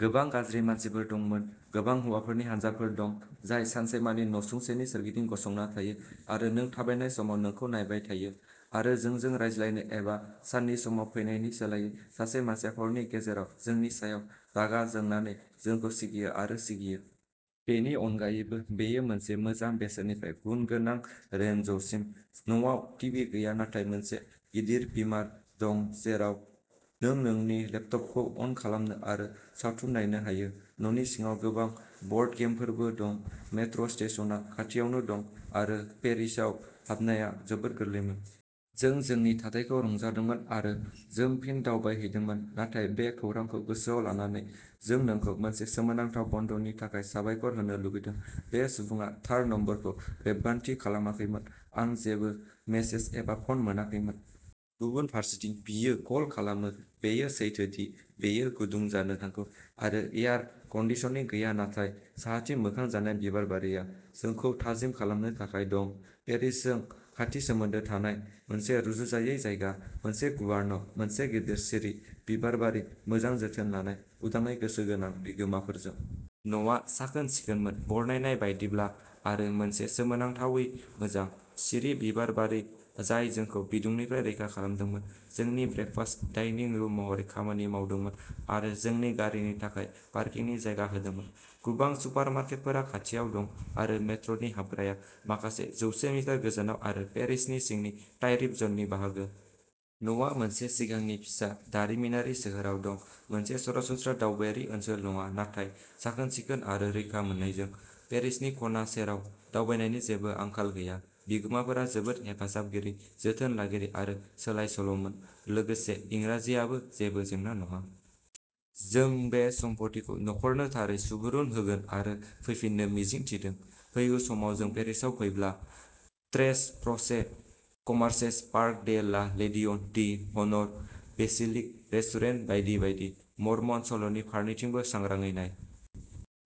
गोबां गाज्रि मानसिफोर दंमोन। गोबां हौवाफोरनि हानजाफोर दं, जाय सानसेमानि नसुंसेनि सोरगिदिं गसंना थायो आरो नों थाबायनाय समाव नोंखौ नायबाय थायो। आरो जोंजों रायज्लायनो एबा साननि समाव फैनायनि सोलायै, सासे मानसिया हरनि गेजेराव जोंनि सायाव रागा जोंनानै जोंखौ सिगियो आरो सिगियो। बेनि अनगायैबो, बेयो मोनसे मोजां बेसेननिफ्राय गुन गोनां रेन्जसिम। न'आव टिभि गैया नाथाय मोनसे गिदिर बीमार दं जेराव नों नोंनि लेपटपखौ अन खालामनो आरो सावथुन नायनो हायो। न'नि सिङाव गोबां ब'र्डगेमफोरबो दं। मेट्र'स्टेशनआ खाथियावनो दं आरो पेरिसाव हाबनाया जोबोद गोरलैमोन। जों जोंनि थाथायखौ रंजादोंमोन आरो जों फिन दावबायहैदोंमोन नाथाय बे खौरांखौ गोसोआव लानानै। जों नोंखौ मोनसे सोमोनांथाव बन्दनि थाखाय साबायखर होनो लुबैदों। बे सुबुङा थार नम्बरखौ रेबगान्थि खालामाखैमोन, आं जेबो मेसेज एबा फ'न मोनाखैमोन। गुबुन फारसेथिं बियो कल खालामो। बेयो सैथो दि बेयो गुदुं जानो हागौ आरो एयार कन्दिसनिं गैया नाथाय साहाथिं मोखां जानाय बिबारबारिया जोंखौ थाजिम खालामनो थाखाय दं। पेरिसजों खाथि सोमोन्दो थानाय मोनसे रुजुजायै जायगा, मोनसे गुवार न', मोनसे गिदिर सिरि बिबारबारि मोजां जोथोन लानाय, उदाङै गोसो गोनां बिगोमाफोरजों। न'आ साखोन-सिखोनमोन, बरनायनाय बायदिब्ला आरो मोनसे सोमोनांथावै मोजां, सिरि बिबारबारि जाय जोंखौ बिदुंनिफ्राय रैखा खालामदोंमोन, जोंनि ब्रेकफास्ट डाइनिं रुम महरै खामानि मावदोंमोन आरो जोंनि गारिनि थाखाय पार्किंनि जायगा होदोंमोन। गोबां सुपारमार्केटफोरा खाथियाव दं आरो मेट्र'नि हाबग्राया माखासे जौसे मिटार गोजानाव आरो पेरिसनि सिंनि ट्यारिफ जननि बाहागो। न'आ मोनसे सिगांनि फिसा दारिमिनारि सोहोराव दं। मोनसे सरासनस्रा दावबायारि ओनसोल नङा नाथाय साखोन-सिखोन आरो रैखा मोननायजों। पेरिसनि खना सेराव दावबायनायनि जेबो आंखाल गैया। बिगोमाफोरा जोबोद हेफाजाबगिरि, जोथोन लागिरि आरो सोलायसोल'मोन। लोगोसे इंराजिआबो जेबो जेंना नङा। जों बे सम्फथिखौ न'खरनो थारै सुबुरुन होगोन आरो फैफिननो मिजिं थिदों, फैगौ समाव जों पेरिसाव फैब्ला। ट्रेस प्र'चे कमार्सेस, Parc de la Legion d'Honneur, बेसिलिक रेस्टुरेन्ट बायदि बायदि।... मर्मन सल'नि फारनैथिंबो सांग्राङै नाय।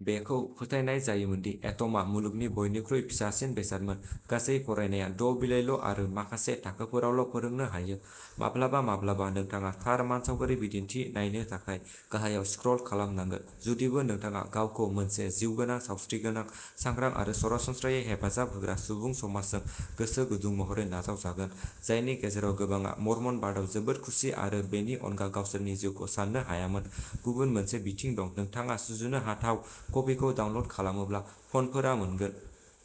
बेखौ फोथायनाय जायोमोन दि एट'मआ मुलुगनि बयनिख्रुइ फिसासिन बेसादमोन। गासै फरायनाया द'बिलाइल'आरो माखासे थाखोफोरावल'फोरोंनो हायो। माब्लाबा माब्लाबा नोंथाङा थार मानसावगारि बिदिन्थि नायनो थाखाय गाहायाव स्क्रल खालामनांगोन। जुदिबो नोंथाङा गावखौ मोनसे जिउगोनां सावस्रिगोनां, सांग्रां आरो सरासनस्रायै हेफाजाब होग्रा सुबुं समाजजों गोसो गुदुं महरै नाजावजागोन, जायनि गेजेराव गोबांआ मर्मनबादआव जोबोद खुसि आरो बेनि अनगा गावसोरनि जिउखौ सान्नो हायामोन, गुबुन मोनसे बिथिं दंः नोंथाङा सुजुनो हाथाव कपिखौ डाउनल'ड खालामोब्ला, फन्टफोरा मोनगोन।